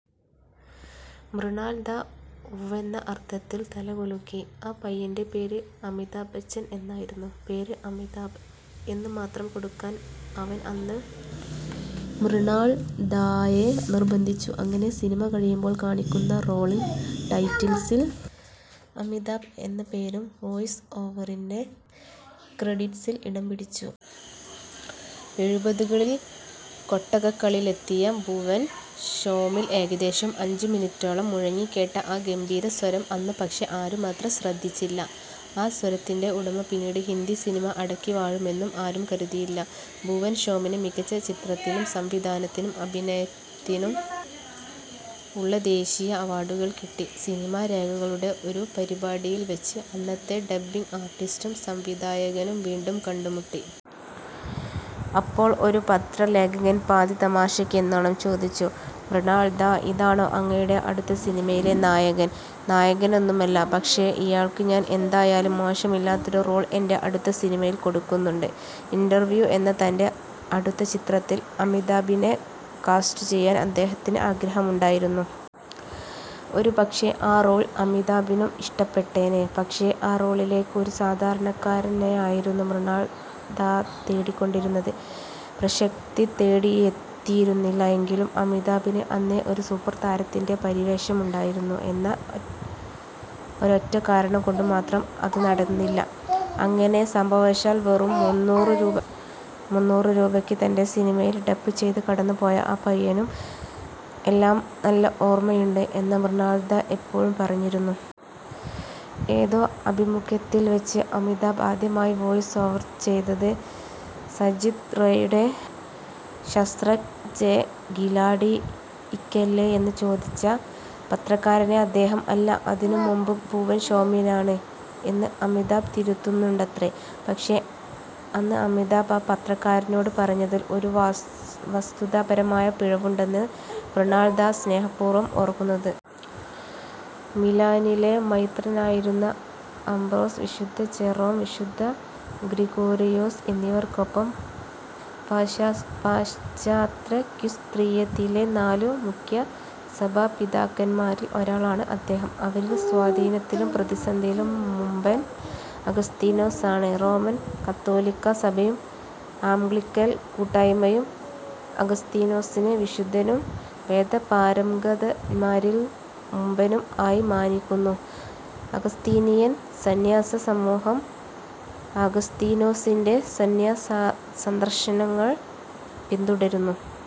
" മൃണാൾ ദാ ഉവ്വെന്ന അർത്ഥത്തിൽ തലകുലുക്കി. ആ പയ്യന്റെ പേര് അമിതാഭ് ബച്ചൻ എന്നായിരുന്നു. പേര് ' അമിതാഭ് ' എന്ന് മാത്രം കൊടുക്കാൻ അവൻ അന്ന് മൃണാൾ ദായെ നിർബന്ധിച്ചു. അങ്ങനെ സിനിമ കഴിയുമ്പോൾ കാണിക്കുന്ന റോളിങ്ങ് ടൈറ്റിൽസിൽ ' അമിതാഭ് ' എന്ന പേരും വോയ്സ് ഓവറിന്റെ ക്രെഡിറ്റ്സിൽ ഇടം പിടിച്ചു. എഴുപതുകളിൽ കൊട്ടകകളിലെത്തിയ ഭുവൻ ഷോമിൽ ഏകദേശം അഞ്ചുമിനിറ്റോളം മുഴങ്ങിക്കേട്ട ആ ഗംഭീര സ്വരം അന്നുപക്ഷേ ആരുമത്ര ശ്രദ്ധിച്ചില്ല. ആ സ്വരത്തിന്റെ ഉടമ പിന്നീട് ഹിന്ദി സിനിമ അടക്കിവാഴുമെന്നും ആരും കരുതിയില്ല. ഭുവൻ ഷോമിന് മികച്ച ചിത്രത്തിനും സംവിധാനത്തിനും അഭിനയത്തിനും ഉള്ള ദേശീയ അവാർഡുകൾ കിട്ടി. സിനിമാ ലേഖകരുടെ ഒരു പരിപാടിയിൽ വെച്ച് അന്നത്തെ ഡബ്ബിങ്ങ് ആർട്ടിസ്റ്റും സംവിധായകനും വീണ്ടും കണ്ടുമുട്ടി. അപ്പോൾ ഒരു പത്ര ലേഖകൻ പാതി തമാശയ്ക്കെന്നോണം ചോദിച്ചു, " മൃണാൾ ദാ, ഇതാണോ അങ്ങയുടെ അടുത്ത സിനിമയിലെ നായകൻ..? "" നായകനൊന്നുമല്ല.. പക്ഷേ, ഇയാൾക്ക് ഞാൻ എന്തായാലും മോശമില്ലാത്തൊരു റോൾ എന്റെ അടുത്ത സിനിമയിൽ കൊടുക്കുന്നുണ്ട്.. "' ഇൻറർവ്യൂ ' എന്ന തന്റെ അടുത്ത ചിത്രത്തിൽ അമിതാഭിനെ കാസ്റ്റുചെയ്യാൻ അദ്ദേഹത്തിന് ആഗ്രഹമുണ്ടായിരുന്നു. ഒരുപക്ഷേ ആ റോൾ അമിതാഭിനും ഇഷ്ടപ്പെട്ടേനെ.. പക്ഷേ, ആ റോളിലേക്ക് ഒരു സാധാരണക്കാരനെയായിരുന്നു മൃണാൾ ദാ തേടിക്കൊണ്ടിരുന്നത്. പ്രശസ്തി തേടിയെത്തിയിരുന്നില്ല എങ്കിലും, അമിതാഭിന് അന്നേ ഒരു സൂപ്പർ താരത്തിന്റെ പരിവേഷമുണ്ടായിരുന്നു എന്ന ഒരൊറ്റക്കാരണം കൊണ്ടുമാത്രം അത് നടന്നില്ല. അങ്ങനെ സംഭവശാൽ വെറും മുന്നൂറു രൂപയ്ക്ക് തന്റെ സിനിമയിൽ ഡബ്ബ് ചെയ്ത് കടന്നുപോയ ആ പയ്യനും എല്ലാം നല്ല ഓർമ്മയുണ്ട് എന്ന മൃണാൾദാ എപ്പോഴോ പറഞ്ഞിരുന്നു. ഏതോ അഭിമുഖത്തിൽ വെച്ച് അമിതാഭ് ആദ്യമായി വോയ്സ് ഓവർ ചെയ്തത് സത്യജിത് റേയുടെ " ശത്രഞ്ജ് കേ ഖിലാഡി " യ്ക്കല്ലേ എന്ന് ചോദിച്ച പത്രക്കാരനെ അദ്ദേഹം " അല്ല, അതിനും മുമ്പ് ഭുവൻ ഷോമിനാണ് " എന്ന് അമിതാഭ് തിരുത്തുന്നുണ്ടത്രേ. പക്ഷേ, അന്ന് അമിതാഭ് ആ പത്രക്കാരനോട് പറഞ്ഞതിൽ ഒരു വസ്തുതാപരമായ പിഴവുണ്ടെന്ന് മൃണാൾ ദാ സ്നേഹപൂർവ്വം ഓർക്കുന്നത്.. മിലാനിലെ മെത്രാനായിരുന്ന അബ്രോസ്, വിശുദ്ധ ജെറോം, വിശുദ്ധ ഗ്രിഗോരിയോസ് എന്നിവർക്കൊപ്പം പാശ്ചാത്യക്രിസ്തീയതയിലെ നാലു മുഖ്യസഭാപിതാക്കന്മാരിൽ ഒരാളാണ് അദ്ദേഹം. അവരിൽ സ്വാധീനത്തിലും പ്രസിദ്ധിയിലും മുമ്പൻ അഗസ്തീനോസാണ്. റോമൻ കത്തോലിക്കാ സഭയും ആംഗ്ലിക്കൻ കൂട്ടായ്മയും അഗസ്തീനോസിനെ വിശുദ്ധനും വേദപാരംഗതന്മാരിൽ മുമ്പനും ആയി മാനിക്കുന്നു. അഗസ്തീനിയൻ സന്യാസസമൂഹം ആഗസ്തീനോസിന്റെ സന്യാസാദർശങ്ങൾ പിന്തുടരുന്നു.